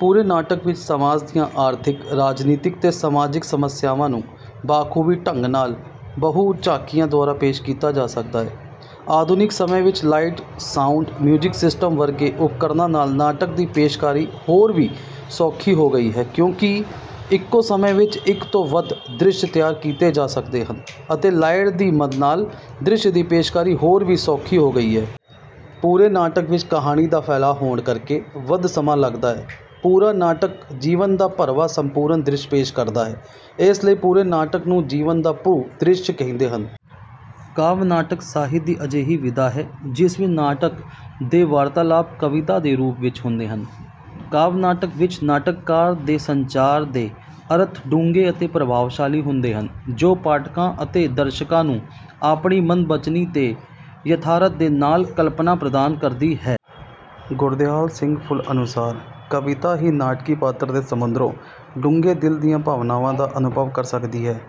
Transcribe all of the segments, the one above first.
ਪੂਰੇ ਨਾਟਕ ਵਿੱਚ ਸਮਾਜ ਦੀਆਂ ਆਰਥਿਕ, ਰਾਜਨੀਤਿਕ ਤੇ ਸਮਾਜਿਕ ਸਮੱਸਿਆਵਾਂ ਨੂੰ ਬਾਖੂਬੀ ਢੰਗ ਨਾਲ ਬਹੁ ਝਾਕੀਆਂ ਦੁਆਰਾ ਪੇਸ਼ ਕੀਤਾ ਜਾ ਸਕਦਾ ਹੈ। ਆਧੁਨਿਕ ਸਮੇਂ ਵਿੱਚ ਲਾਈਟ, ਸਾਊਂਡ, ਮਿਊਜਿਕ ਸਿਸਟਮ ਵਰਗੇ ਉਪਕਰਨਾਂ ਨਾਲ ਨਾਟਕ ਦੀ ਪੇਸ਼ਕਾਰੀ ਹੋਰ ਵੀ ਸੌਖੀ ਹੋ ਗਈ ਹੈ ਕਿਉਂਕਿ ਇੱਕੋ ਸਮੇਂ ਵਿੱਚ ਇੱਕ ਤੋਂ ਵੱਧ ਦ੍ਰਿਸ਼ ਤਿਆਰ ਕੀਤੇ ਜਾ ਸਕਦੇ ਹਨ, ਅਤੇ ਲਾਈਟ ਦੀ ਮਦ ਨਾਲ ਦ੍ਰਿਸ਼ ਦੀ ਪੇਸ਼ਕਾਰੀ ਹੋਰ ਵੀ ਸੌਖੀ ਹੋ ਗਈ ਹੈ। ਪੂਰੇ ਨਾਟਕ ਵਿੱਚ ਕਹਾਣੀ ਦਾ ਫੈਲਾਅ ਹੋਣ ਕਰਕੇ ਵੱਧ ਸਮਾਂ ਲਗਦਾ ਹੈ। ਪੂਰਾ ਨਾਟਕ ਜੀਵਨ ਦਾ ਭਰਵਾਂ ਸੰਪੂਰਨ ਦ੍ਰਿਸ਼ ਪੇਸ਼ ਕਰਦਾ ਹੈ। ਇਸ ਲਈ ਪੂਰੇ ਨਾਟਕ ਨੂੰ ਜੀਵਨ ਦਾ ਭੂ ਦ੍ਰਿਸ਼ ਕਹਿੰਦੇ ਹਨ। ਕਾਵਿ ਨਾਟਕ ਸਾਹਿਤ ਦੀ ਅਜਿਹੀ ਵਿਧਾ ਹੈ, ਜਿਸ ਵਿੱਚ ਨਾਟਕ ਦੇ ਵਾਰਤਾਲਾਪ ਕਵਿਤਾ ਦੇ ਰੂਪ ਵਿੱਚ ਹੁੰਦੇ ਹਨ। ਕਾਵਿ ਨਾਟਕ ਵਿੱਚ ਨਾਟਕਾਰ ਦੇ ਸੰਚਾਰ ਦੇ ਅਰਥ ਡੂੰਘੇ ਅਤੇ ਪ੍ਰਭਾਵਸ਼ਾਲੀ ਹੁੰਦੇ ਹਨ, ਜੋ ਪਾਠਕਾਂ ਅਤੇ ਦਰਸ਼ਕਾਂ ਨੂੰ ਆਪਣੀ ਮਨ ਬਚਨੀ ਤੇ ਯਥਾਰਥ ਦੇ ਨਾਲ ਕਲਪਨਾ ਪ੍ਰਦਾਨ ਕਰਦੀ ਹੈ। ਗੁਰਦਿਆਲ ਸਿੰਘ ਫੁੱਲ ਅਨੁਸਾਰ, ਕਵਿਤਾ ਹੀ ਨਾਟਕੀ ਪਾਤਰ ਦੇ ਸਮੁੰਦਰੋਂ ਡੂੰਘੇ ਦਿਲ ਦੀਆਂ ਭਾਵਨਾਵਾਂ ਦਾ ਅਨੁਭਵ ਕਰ ਸਕਦੀ ਹੈ,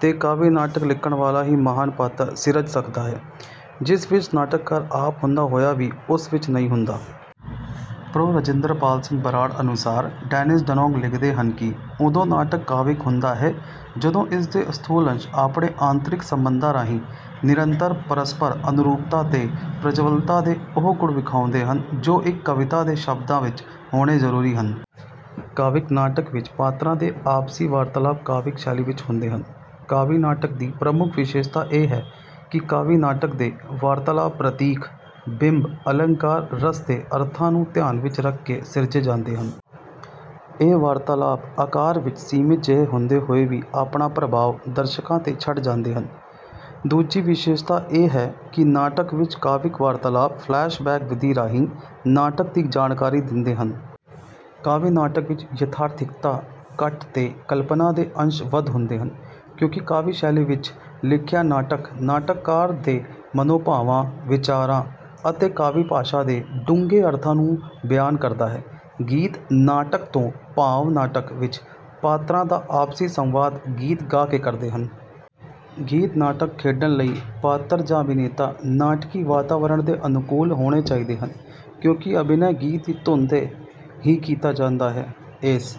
ਤੇ ਕਾਵਿ ਨਾਟਕ ਲਿਖਣ ਵਾਲਾ ਹੀ ਮਹਾਨ ਪਾਤਰ ਸਿਰਜ ਸਕਦਾ ਹੈ, ਜਿਸ ਵਿੱਚ ਨਾਟਕਾਰ ਆਪ ਹੁੰਦਾ ਹੋਇਆ ਵੀ ਉਸ ਵਿੱਚ ਨਹੀਂ ਹੁੰਦਾ। ਪ੍ਰੋ ਰਜਿੰਦਰ ਪਾਲ ਸਿੰਘ ਬਰਾੜ ਅਨੁਸਾਰ, ਡੈਨਿਸ ਡਨੌਗ ਲਿਖਦੇ ਹਨ ਕਿ, ਉਦੋਂ ਨਾਟਕ ਕਾਵਿਕ ਹੁੰਦਾ ਹੈ, ਜਦੋਂ ਇਸ ਦੇ ਸਥੂਲ ਅੰਸ਼ ਆਪਣੇ ਆਂਤ੍ਰਿਕ ਸੰਬੰਧਾਂ ਰਾਹੀਂ ਨਿਰੰਤਰ ਪਰਸਪਰ ਅਨੁਰੂਪਤਾ ਤੇ ਪ੍ਰਜਵਲਤਾ ਦੇ ਉਹ ਗੁਣ ਵਿਖਾਉਂਦੇ ਹਨ, ਜੋ ਇੱਕ ਕਵਿਤਾ ਦੇ ਸ਼ਬਦਾਂ ਵਿੱਚ ਹੋਣੇ ਜ਼ਰੂਰੀ ਹਨ। ਕਾਵਿਕ ਨਾਟਕ ਵਿੱਚ ਪਾਤਰਾਂ ਦੇ ਆਪਸੀ ਵਾਰਤਾਲਾਪ ਕਾਵਿਕ ਸ਼ੈਲੀ ਵਿੱਚ ਹੁੰਦੇ ਹਨ। ਕਾਵਿ ਨਾਟਕ ਦੀ ਪ੍ਰਮੁੱਖ ਵਿਸ਼ੇਸ਼ਤਾ ਇਹ ਹੈ, ਕਿ ਕਾਵਿ ਨਾਟਕ ਦੇ ਵਾਰਤਾਲਾਪ ਪ੍ਰਤੀਕ, ਬਿੰਬ, ਅਲੰਕਾਰ, ਰਸ ਤੇ ਅਰਥਾਂ ਨੂੰ ਧਿਆਨ ਵਿੱਚ ਰੱਖ ਕੇ ਸਿਰਜੇ ਜਾਂਦੇ ਹਨ। ਇਹ ਵਾਰਤਾਲਾਪ ਆਕਾਰ ਵਿੱਚ ਸੀਮਤ ਜਿਹੇ ਹੁੰਦੇ ਹੋਏ ਵੀ ਆਪਣਾ ਪ੍ਰਭਾਵ ਦਰਸ਼ਕਾਂ ਤੇ ਛੱਡ ਜਾਂਦੇ ਹਨ। ਦੂਜੀ ਵਿਸ਼ੇਸ਼ਤਾ ਇਹ ਹੈ, ਕਿ ਨਾਟਕ ਵਿੱਚ ਕਾਵਿਕ ਵਾਰਤਾਲਾਪ ਫਲੈਸ਼ ਬੈਕ ਵਿਧੀ ਰਾਹੀਂ ਨਾਟਕ ਦੀ ਜਾਣਕਾਰੀ ਦਿੰਦੇ ਹਨ। ਕਾਵਿ ਨਾਟਕ ਵਿੱਚ ਯਥਾਰਥਿਕਤਾ ਘੱਟ ਤੇ ਕਲਪਨਾ ਦੇ ਅੰਸ਼ ਵੱਧ ਹੁੰਦੇ ਹਨ, ਕਿਉਂਕਿ ਕਾਵਿ ਸ਼ੈਲੀ ਵਿੱਚ ਲਿਖਿਆ ਨਾਟਕ ਨਾਟਕਕਾਰ ਦੇ ਮਨੋਭਾਵਾਂ, ਵਿਚਾਰਾਂ ਅਤੇ ਕਾਵਿ ਭਾਸ਼ਾ ਦੇ ਡੂੰਘੇ ਅਰਥਾਂ ਨੂੰ ਬਿਆਨ ਕਰਦਾ ਹੈ। ਗੀਤ ਨਾਟਕ ਤੋਂ ਭਾਵ ਨਾਟਕ ਵਿੱਚ ਪਾਤਰਾਂ ਦਾ ਆਪਸੀ ਸੰਵਾਦ ਗੀਤ ਗਾ ਕੇ ਕਰਦੇ ਹਨ। ਗੀਤ ਨਾਟਕ ਖੇਡਣ ਲਈ ਪਾਤਰ ਜਾਂ ਅਭਿਨੇਤਾ ਨਾਟਕੀ ਵਾਤਾਵਰਣ ਦੇ ਅਨੁਕੂਲ ਹੋਣੇ ਚਾਹੀਦੇ ਹਨ, ਕਿਉਂਕਿ ਅਭਿਨੈ ਗੀਤ ਦੀ ਧੁਨੀ ਤੇ ਹੀ ਕੀਤਾ ਜਾਂਦਾ ਹੈ। ਇਸ